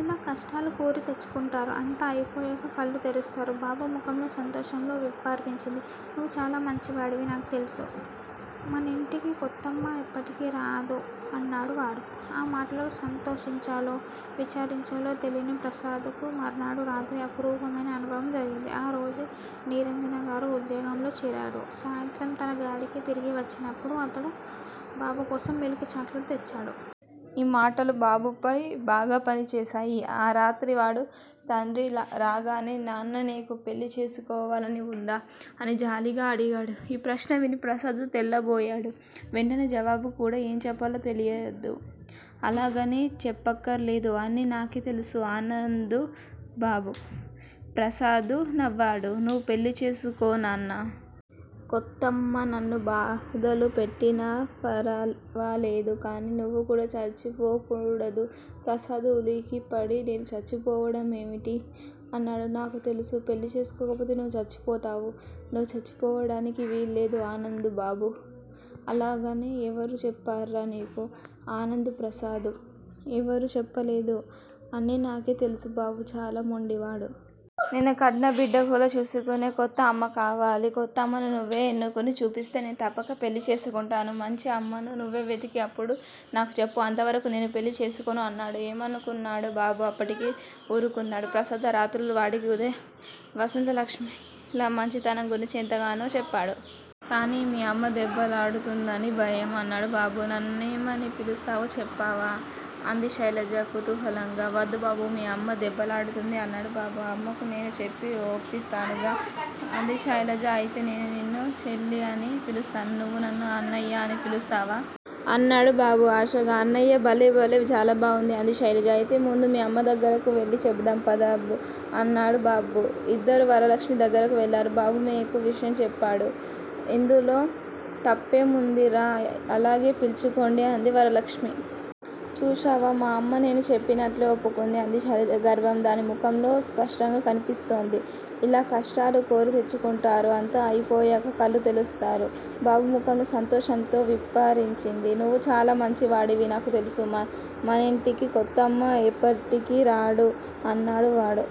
ఇలా కష్టాలు కోరి తెచ్చుకుంటారు అంతా అయిపోయాక కళ్లు తెరుస్తారు. బాబు ముఖంలో సంతోషంతో విప్పారించింది. నువ్వు చాలా మంచివాడివి నాకుతెలుసు. మనింటికి కొత్తమ్మ ఎప్పటికీరాదు అన్నాడువాడు. ఆ మాటలకు సంతోషంచాలో విచారించాలో తెలియని ప్రసాదుకు మర్నాడు రాత్రి అపురూపమైన అనుభవం జరిగింది. ఆ రోజే నిరంజనగారు ఉద్యోగంలో చేరాడు సాయంత్రం తన గాడికి తిరిగివచ్చినపుడు అతడు బాబుకోసం మిల్క్ చాక్లెట్ తెచ్చాడు. ఈ మాటలు బాబుపై బాగాపనిచేశాయి. ఆరాత్రి వాడు తండ్రిరాగానే నాన్న నీకు పెళ్ళిచేసుకోలనివుందా? అని జాలిగా అడిగాడు. ఈప్రష్ణ విని ప్రసాదు తెల్లబోయాడు వెంటనే జవాబుకూడా ఏం చెప్పాలో తెలియదు. అలాగని చెప్పక్కర్లేదు అన్నీ నాకే తెలుసు ఆనందు బాబు. ప్రసాదు నవ్వాడు. నువ్వు పెళ్ళిచేసుకో నాన్నా! కొత్తమ్మ నన్ను బాధలుపెట్టినాఫరవాలేదు. కానీ నువ్వుకూడా చచ్చిపోకూడదు ప్రసాదు ఉలిక్కిపడి నేను చచ్చిపోవడమేమిటి? అన్నాడు. నాకు తెలుసు. పెళ్ళిచేసుకోపోతే నువ్వు చచ్చిపోతావు. నువ్వు చచ్చిపోవడానికి వీల్లేదు ఆనందు బాబు. అలాగని ఎవరు చెప్పర్రా నీకు? ఆనందు ప్రసాదు. ఎవరూ చెప్పలేదు. అన్నీ నాకే తెలుసు బాబు చాలా మెండివాడు. నిన్ను కన్నబిడ్డకులా చూసుకునే కొత్తఅమ్మకవాలి. కొత్తమ్మను నువ్వే ఎన్నుకుని చూపిస్తే నేను తప్పక పెళ్ళిచేసుకుంటాను. మంచి అమ్మను నువ్వేవెతికి అప్పుడు నాకుచెప్పు అంతవరకూ నేను పెళ్ళిచేసుకోను అన్నాడు. ఏమనుకున్నాడో బాబు అప్పటికి ఊరుకున్నాడు. ప్రసాదు ఆ రాత్రులూ వాడికి ఉదయ, వసంతలక్ష్మి ల మంచితనం గురించి ఎంతగానో చెప్పాడు. కాని మీ అమ్మదెబ్బలాడుతుందనిభయం __ అన్నాడు బాబు. నన్నేమని పిలుస్తావో చెప్పావా? అంది శైలజ కుతుహాలంగా వద్దుబాబూ మీ అమ్మ దెబ్బలాడుతుంది __ అన్నాడు బాబు. అమ్మకు నేను చెప్పి ఒప్పిస్తానుగా అంది శైలజ. అయితే నేను నిన్ను చేల్లీఅని పిలుస్తాను. నువ్వు నన్ను అన్నయ్యా అని పులుస్తావా? అన్నాడు బాబు ఆశగా. అన్నయ్య __ భలేభలే చాలా బాగుంది. అంది శైలజ. అయితే ముందు మీ అమ్మదగ్గరకు వెళ్ళి చెబుదాం పద బ్ అన్నాడు బాబు. ఇద్దరూ వరలక్ష్మి దగ్గరకు వెళ్ళారు. బాబుమేకు విషయం చెప్పాడు. ఇందులో తప్పేముందిర్రా అలాగే పీల్చుకొండి అంది వరలక్ష్మి. చూశావా __ మా అమ్మ నేను చెప్పినట్లే ఒప్పుకుంది అంది శైలజ గర్వం దాని ముఖంలో స్పష్టంగా కనిపిస్తోంది. ఇలా కష్టాలు కోరి తెచ్చుకుంటారు అంతా అయిపోయాక కళ్లు తెరుస్తారు. బాబు ముఖంలో సంతోషంతో విప్పారించింది. నువ్వు చాలా మంచివాడివి నాకుతెలుసు. మనింటికి కొత్తమ్మ ఎప్పటికీరాడు అన్నాడువాడు.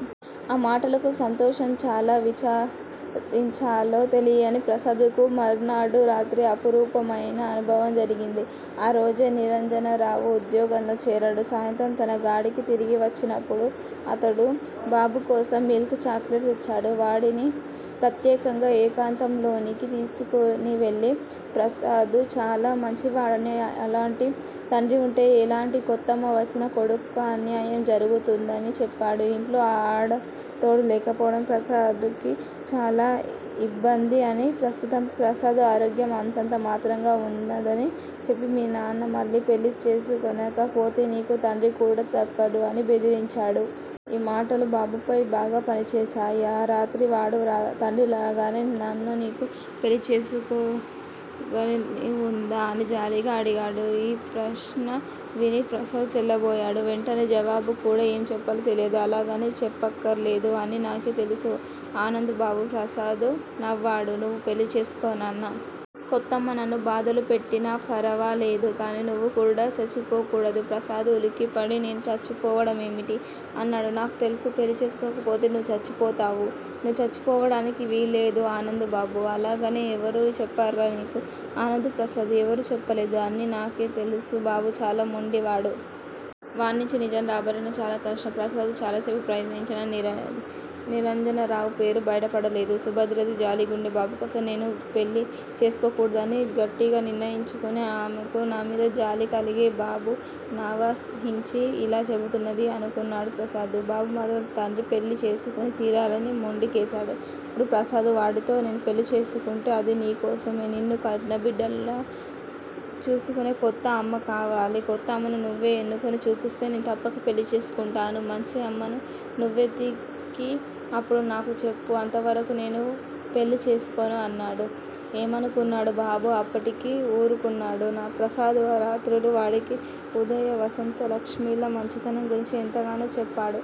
ఆ మాటలకు సంతోషంచాలో విచారించాలో తెలియని ప్రసాదుకు మర్నాడు రాత్రి అపురూపమైన అనుభవం జరిగింది. ఆ రోజే నిరంజనరావు ఉద్యోగంలో చేరాడు సాయంత్రం తన గాడికి తిరిగివచ్చినపుడు అతడు బాబుకోసం మిల్క్ చాక్లెట్ తెచ్చాడు. వాడిని ప్రత్యేకంగా ఏకాంతంలోనికి తీసుకునివెళ్ళి ప్రసాదుచాలా మంచివాడనీ అలాంటి తండ్రివుంటే ఎలాంటి కొత్తమ్మ వచ్చినా కొడుక్కు అన్యాయం జరుగుదనీ చెప్పాడు ఇంట్లో అడతోడు లేకపోవడం ప్రసాడుకి చాలా ఇమ్బ్బందిఅనీ, ప్రస్తుతం ప్రసాదు ఆరోగ్యం అంతంతమాత్రంగా వున్నదనీ చెప్పి మీ నాన్న మళ్ళీ పెళ్ళిచేసుకొనక పొతేనీకు తండ్రికూడా దక్కదు అని బెదిరించాడు. ఈ మాటలు బాబుపై బాగాపనిచేశాయి. ఆరాత్రి వాడు తండ్రిరాగానే నాన్ననీకు పెళ్ళిచేసుకోలనివుందా? అని జాలిగా అడిగాడు. ఈప్రష్ణ విని ప్రసాదు తెల్లబోయాడు వెంటనే జవాబుకూడా ఏం చెప్పాలో తెలియదు. అలాగని చెప్పక్కర్లేదు అన్నీ నాకే తెలుసు ఆనందు బాబు. ప్రసాదు నవ్వాడు. నువ్వు పెళ్ళిచేసుకో నాన్నా! కొత్తమ్మ నన్ను బాధలుపెట్టినాఫరవాలేదు. కానీ నువ్వుకూడా చచ్చిపోకూడదు ప్రసాదు ఉలిక్కిపడి నేను చచ్చిపోవడమేమిటి? అన్నాడు. నాకు తెలుసు. పెళ్ళిచేసుకోపోతే నువ్వు చచ్చిపోతావు. నువ్వు చచ్చిపోవడానికి వీల్లేదు ఆనందు బాబు. అలాగని ఎవరు చెప్పర్రా నీకు? ఆనందు ప్రసాదు. ఎవరూ చెప్పలేదు. అన్నీ నాకే తెలుసు బాబు చాలా మెండివాడు. వాణ్ణించి నిజం రాబట్టడం చాలా కష్టం. ప్రసాదు చాలాసేపు ప్రయత్నించినా నిరంజనరావుపేరు బయటపడలేదు. సుభద్రది జాలి గుండె బాబుకోసం నేను పెళ్ళి చేసుకోకూడదని గట్టిగ నిర్ణయించుకునే ఆమెకు నామీద జాలికలిగి బాబునావహించి ఇలా చెబుతున్నది అనుకున్నాడు ప్రసాదు. బాబుమాత్రం తండ్రిపెళ్ళిచేసుకుని తీరాలని మొండికేసాడు అప్పుడు ప్రసాదు వాడితో __ చేసు పెళ్ళిచేసుకుంటే అదినీకోసమే. నిన్ను కన్నబిడ్డకులా చూసుకునే కొత్తఅమ్మకవాలి. కొత్తమ్మను నువ్వే ఎన్నుకుని చూపిస్తే నేను తప్పక పెళ్ళిచేసుకుంటాను. మంచి అమ్మను నువ్వేవెతికి అప్పుడు నాకుచెప్పు అంతవరకూ నేను పెళ్ళిచేసుకోను అన్నాడు. ఏమనుకున్నాడో బాబు అప్పటికి ఊరుకున్నాడు. ప్రసాదు ఆ రాత్రులూ వాడికి ఉదయ, వసంతలక్ష్మి ల మంచితనం గురించి ఎంతగానో చెప్పాడు.